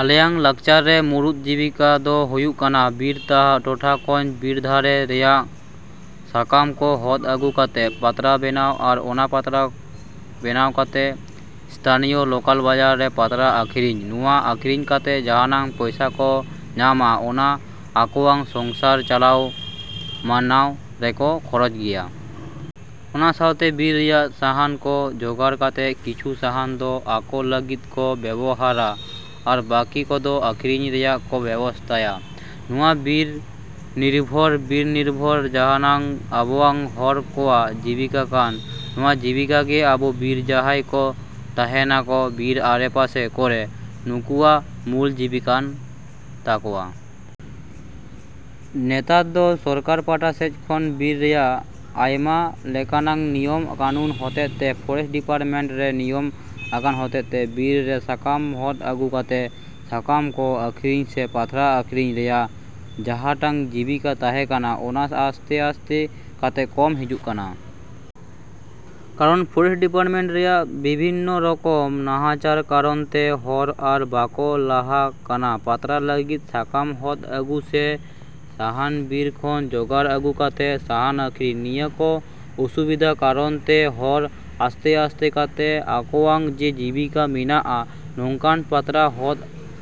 ᱟᱞᱮᱭᱟᱜ ᱞᱟᱠᱪᱟᱨᱮ ᱢᱩᱲᱩᱫ ᱡᱤᱵᱤᱠᱟ ᱫᱚ ᱦᱩᱭᱩᱜ ᱠᱟᱱᱟ ᱵᱤᱨ ᱴᱚᱴᱷᱟ ᱠᱷᱚᱡ ᱵᱤᱨ ᱫᱟᱨᱮ ᱨᱮᱭᱟᱜ ᱥᱟᱠᱟᱢ ᱠᱚ ᱦᱚᱫᱽ ᱟᱹᱜᱩ ᱠᱟᱛᱮ ᱯᱟᱛᱲᱟ ᱵᱮᱱᱟᱣ, ᱟᱨ ᱚᱱᱟ ᱯᱟᱛᱲᱟ ᱵᱮᱱᱟᱣ ᱠᱟᱛᱮ ᱤᱥᱛᱷᱟᱱᱤᱭᱳ ᱞᱳᱠᱟᱞ ᱵᱟᱡᱟᱨ ᱨᱮ ᱯᱟᱛᱲᱟ ᱟᱠᱷᱟᱨᱤᱧ᱾ ᱱᱚᱣᱟ ᱟᱠᱷᱟᱨᱤᱧ ᱠᱟᱛᱮ ᱡᱟᱦᱟᱸ ᱯᱚᱭᱥᱟ ᱠᱚ ᱧᱟᱢᱟ, ᱚᱱᱟ ᱟᱠᱚᱭᱟᱜ ᱥᱚᱝᱥᱟᱨ ᱪᱟᱞᱟᱣ ᱢᱟᱱᱟᱣ ᱨᱮᱠᱚ ᱠᱷᱚᱨᱚᱪ ᱜᱮᱭᱟ᱾ ᱚᱱᱟ ᱥᱟᱶᱛᱮ ᱵᱤᱨ ᱨᱮᱭᱟᱜ ᱥᱟᱦᱟᱱ ᱠᱚ ᱡᱚᱜᱟᱲ ᱠᱟᱛᱮ ᱠᱤᱪᱷᱩ ᱥᱟᱦᱟᱱ ᱫᱚ ᱟᱠᱚ ᱞᱟᱹᱜᱤᱫ ᱠᱚ ᱵᱮᱵᱚᱦᱟᱨᱟ ᱟᱨ ᱵᱟᱹᱠᱤ ᱠᱚᱫᱚ ᱟᱠᱷᱟᱨᱤᱧ ᱨᱮᱭᱟᱜ ᱠᱚ ᱵᱮᱵᱚᱥᱛᱷᱟᱭᱟ᱾ ᱱᱚᱣᱟ ᱵᱤᱨ ᱱᱤᱨᱵᱷᱚᱨ, ᱵᱤᱨ ᱱᱤᱨᱵᱷᱚᱨ ᱡᱟᱦᱟᱸ ᱟᱵᱚᱭᱟᱜ ᱦᱚᱲ ᱠᱚᱣᱟᱜ ᱡᱤᱵᱤᱠᱟ ᱠᱟᱱ, ᱱᱚᱣᱟ ᱡᱤᱵᱤᱠᱟ ᱜᱮ ᱟᱵᱚ ᱵᱤᱨ ᱡᱟᱦᱟᱭ ᱠᱚ ᱛᱟᱦᱮᱱᱟᱠᱚ ᱵᱤᱨ ᱟᱲᱮ ᱯᱟᱥᱮ ᱠᱚᱨᱮ, ᱱᱩᱠᱩᱭᱟᱜ ᱢᱩᱞ ᱡᱤᱵᱤᱠᱟ ᱠᱟᱱ ᱛᱟᱠᱚᱭᱟ᱾ ᱱᱮᱛᱟᱨ ᱫᱚ ᱥᱚᱨᱠᱟᱨ ᱯᱟᱦᱴᱟ ᱥᱮᱡ ᱠᱷᱚᱡ ᱵᱤᱨ ᱨᱮᱭᱟᱜ ᱟᱭᱢᱟ ᱞᱮᱠᱟᱱᱟᱜ ᱱᱤᱭᱚᱢ ᱠᱟᱹᱱᱩᱱ ᱦᱚᱛᱮᱫ ᱛᱮ, ᱯᱷᱚᱨᱮᱥᱴ ᱰᱤᱯᱟᱨᱴᱢᱮᱱᱴ ᱨᱮ ᱱᱤᱭᱚᱢ ᱟᱠᱟᱱ ᱦᱚᱛᱮᱫ ᱛᱮ, ᱵᱤᱨ ᱨᱮ ᱥᱟᱠᱟᱢ ᱦᱚᱫᱽ ᱟᱹᱜᱩ ᱠᱟᱛᱮ ᱥᱟᱠᱟᱢ ᱠᱚ ᱟᱠᱷᱨᱤᱧ ᱥᱮ ᱯᱟᱛᱲᱟ ᱟᱹᱠᱷᱨᱤᱧ ᱨᱮᱭᱟᱜ ᱡᱟᱦᱟᱴᱟᱜ ᱡᱤᱵᱤᱠᱟ ᱛᱟᱦᱮᱸ ᱠᱟᱱᱟ, ᱚᱱᱟ ᱟᱥᱛᱮ ᱟᱥᱛᱮ ᱠᱟᱛᱮ ᱠᱚᱢ ᱦᱤᱡᱩᱜ ᱠᱟᱱᱟ᱾ ᱠᱟᱨᱚᱱ ᱯᱷᱚᱨᱮᱥᱴ ᱰᱤᱯᱟᱨᱴᱢᱮᱱᱴ ᱨᱮᱭᱟᱜ ᱵᱤᱵᱷᱤᱱᱱᱚ ᱨᱚᱠᱚᱢ ᱱᱟᱦᱟᱪᱟᱨ ᱠᱟᱨᱚᱱ ᱛᱮ ᱦᱚᱲ ᱟᱨ ᱵᱟᱠᱚ ᱞᱟᱦᱟᱜ ᱠᱟᱱᱟ ᱯᱟᱛᱲᱟ ᱞᱟᱹᱜᱤᱫ ᱥᱟᱠᱟᱢ ᱦᱚᱫᱽ ᱟᱹᱜᱩ ᱥᱮ ᱥᱟᱦᱟᱱ ᱵᱤᱨ ᱠᱷᱚᱱ ᱡᱚᱜᱟᱲ ᱟᱹᱜᱩ ᱠᱟᱛᱮ ᱥᱟᱦᱟᱱ ᱟᱹᱠᱷᱨᱤᱧ᱾ ᱱᱤᱭᱟᱹ ᱠᱚ ᱚᱥᱩᱵᱤᱫᱟ ᱠᱟᱨᱚᱱ ᱛᱮ ᱦᱚᱲ ᱟᱥᱛᱮ ᱟᱥᱛᱮ ᱠᱟᱛᱮ ᱟᱠᱚᱣᱟᱜ ᱡᱮ ᱡᱤᱵᱤᱠᱟ ᱢᱮᱱᱟᱜᱼᱟ ᱱᱚᱠᱟᱱ ᱯᱟᱛᱲᱟ ᱦᱚᱫᱽ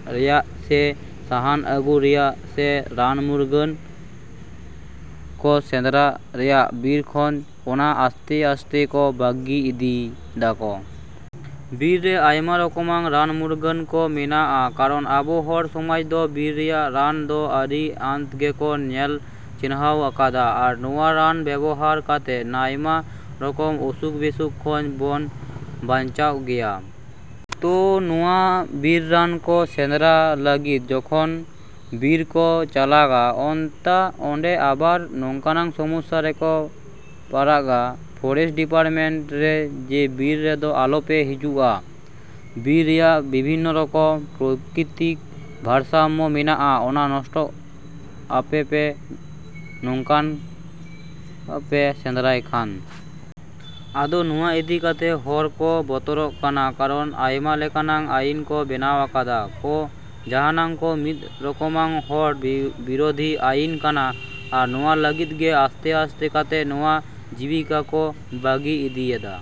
ᱨᱮᱭᱟᱜ ᱥᱮ ᱥᱟᱦᱟᱱ ᱟᱹᱜᱩ ᱨᱮᱭᱟᱜ ᱥᱮ ᱨᱟᱱ ᱢᱩᱨᱜᱟᱹᱱ ᱠᱚ ᱥᱮᱸᱫᱽᱨᱟ ᱨᱮᱭᱟᱜ ᱵᱤᱨ ᱠᱷᱚᱡ, ᱚᱱᱟ ᱟᱥᱛᱮ ᱟᱥᱛᱮ ᱠᱚ ᱵᱟᱹᱜᱤ ᱤᱫᱤᱭᱮᱫᱟ ᱠᱚ᱾ ᱵᱤᱨ ᱨᱮ ᱟᱭᱢᱟ ᱨᱚᱠᱚᱢᱟᱜ ᱨᱟᱱ ᱢᱩᱨᱜᱟᱹᱱ ᱠᱚ ᱢᱮᱱᱟᱜᱼᱟ, ᱠᱟᱨᱚᱱ ᱟᱵᱚ ᱦᱚᱲ ᱥᱚᱢᱟᱡᱽ ᱫᱚ ᱵᱤᱨ ᱨᱮᱭᱟᱜ ᱨᱟᱱ ᱫᱚ ᱟᱹᱰᱤ ᱟᱸᱴ ᱜᱮᱠᱚ ᱧᱮᱞ ᱪᱤᱱᱦᱟᱹᱣ ᱟᱠᱟᱫᱟ ᱟᱨ ᱱᱚᱣᱟ ᱨᱟᱱ ᱵᱮᱵᱚᱦᱟᱨ ᱠᱟᱛᱮ ᱟᱭᱢᱟ ᱨᱚᱠᱚᱢ ᱚᱥᱩᱠ ᱵᱮᱥᱩᱠ ᱠᱷᱚᱡ ᱵᱚᱱ ᱵᱟᱧᱪᱟᱜ ᱜᱮᱭᱟ᱾ ᱛᱚ ᱱᱚᱣᱟ ᱵᱤᱨ ᱨᱟᱱ ᱠᱚ ᱥᱮᱸᱫᱽᱨᱟ ᱞᱟᱹᱜᱤᱫ ᱡᱚᱠᱷᱚᱱ ᱵᱤᱨ ᱠᱚ ᱪᱟᱞᱟᱜᱼᱟ, ᱚᱸᱰᱮ ᱟᱵᱟᱨ ᱱᱚᱠᱟᱱᱟᱜ ᱥᱚᱢᱚᱥᱟ ᱨᱮᱠᱚ ᱯᱟᱲᱟᱜᱼᱟ ᱯᱷᱚᱨᱮᱥᱴ ᱰᱤᱯᱟᱨᱴᱢᱮᱱᱴ ᱨᱮ ᱡᱮ ᱵᱤᱨ ᱨᱮᱫᱚ ᱟᱞᱚ ᱯᱮ ᱦᱟᱹᱡᱩᱜᱼᱟ, ᱵᱤᱨ ᱨᱮᱭᱟᱜ ᱵᱤᱵᱷᱤᱱᱚ ᱨᱚᱠᱚᱢ ᱯᱨᱟᱠᱤᱛᱤᱠ ᱵᱷᱟᱨᱥᱟᱢᱢᱚ ᱢᱮᱱᱟᱜᱼᱟ, ᱚᱱᱟ ᱱᱚᱥᱴᱚᱜᱼᱟ ᱟᱯᱮ ᱯᱮ ᱱᱚᱝᱠᱟ ᱯᱮ ᱥᱮᱸᱫᱽᱨᱟᱭ ᱠᱷᱟᱡ᱾ ᱟᱫᱚ ᱱᱚᱣᱟ ᱤᱫᱤ ᱠᱟᱛᱮ ᱦᱚᱲ ᱠᱚ ᱵᱚᱛᱚᱨᱚᱜ ᱠᱟᱱᱟ, ᱠᱟᱨᱚᱱ ᱟᱭᱢᱟ ᱞᱮᱠᱟᱱᱟᱜ ᱟᱭᱤᱱ ᱠᱚ ᱵᱮᱱᱟᱣ ᱟᱠᱟᱫᱟ ᱠᱚ ᱡᱟᱦᱟᱸ ᱠᱚ ᱢᱤᱫ ᱨᱚᱠᱚᱢᱟᱜ ᱦᱚᱲ ᱵᱤᱨᱚᱫᱷᱤ ᱟᱭᱤᱱ ᱠᱟᱱᱟ ᱟᱨ ᱱᱚᱣᱟ ᱞᱟᱹᱜᱤᱫ ᱜᱮ ᱟᱥᱛᱮ ᱟᱥᱛᱮ ᱠᱟᱛᱮ ᱱᱚᱣᱟ ᱡᱤᱵᱤᱠᱟ ᱠᱚ ᱵᱟᱹᱜᱤ ᱤᱫᱤᱭᱮᱫᱟ᱾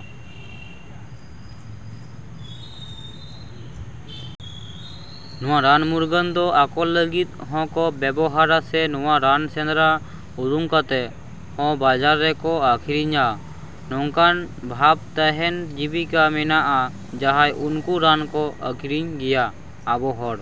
ᱱᱚᱣᱟ ᱨᱟᱱ ᱢᱩᱨᱜᱟᱹᱱ ᱫᱚ ᱟᱠᱚ ᱞᱟᱹᱜᱤᱫ ᱦᱚᱸᱠᱚ ᱵᱮᱵᱚᱦᱟᱨᱟ ᱥᱮ ᱱᱚᱣᱟ ᱨᱟᱱ ᱥᱮᱸᱫᱽᱨᱟ ᱩᱰᱩᱝ ᱠᱟᱛᱮ ᱦᱚᱸ ᱵᱟᱡᱟᱨ ᱨᱮᱠᱚ ᱟᱠᱷᱨᱤᱧᱮᱜᱼᱟ, ᱱᱚᱝᱠᱟ ᱵᱷᱟᱵ ᱛᱮᱦᱚᱸ ᱡᱤᱵᱤᱠᱟ ᱢᱮᱱᱟᱜᱼᱟ ᱡᱟᱦᱟᱸᱭ ᱩᱱᱠᱩ ᱨᱟᱱ ᱠᱚ ᱟᱠᱷᱨᱤᱧ ᱜᱮᱭᱟ ᱟᱵᱚ ᱦᱚᱲ।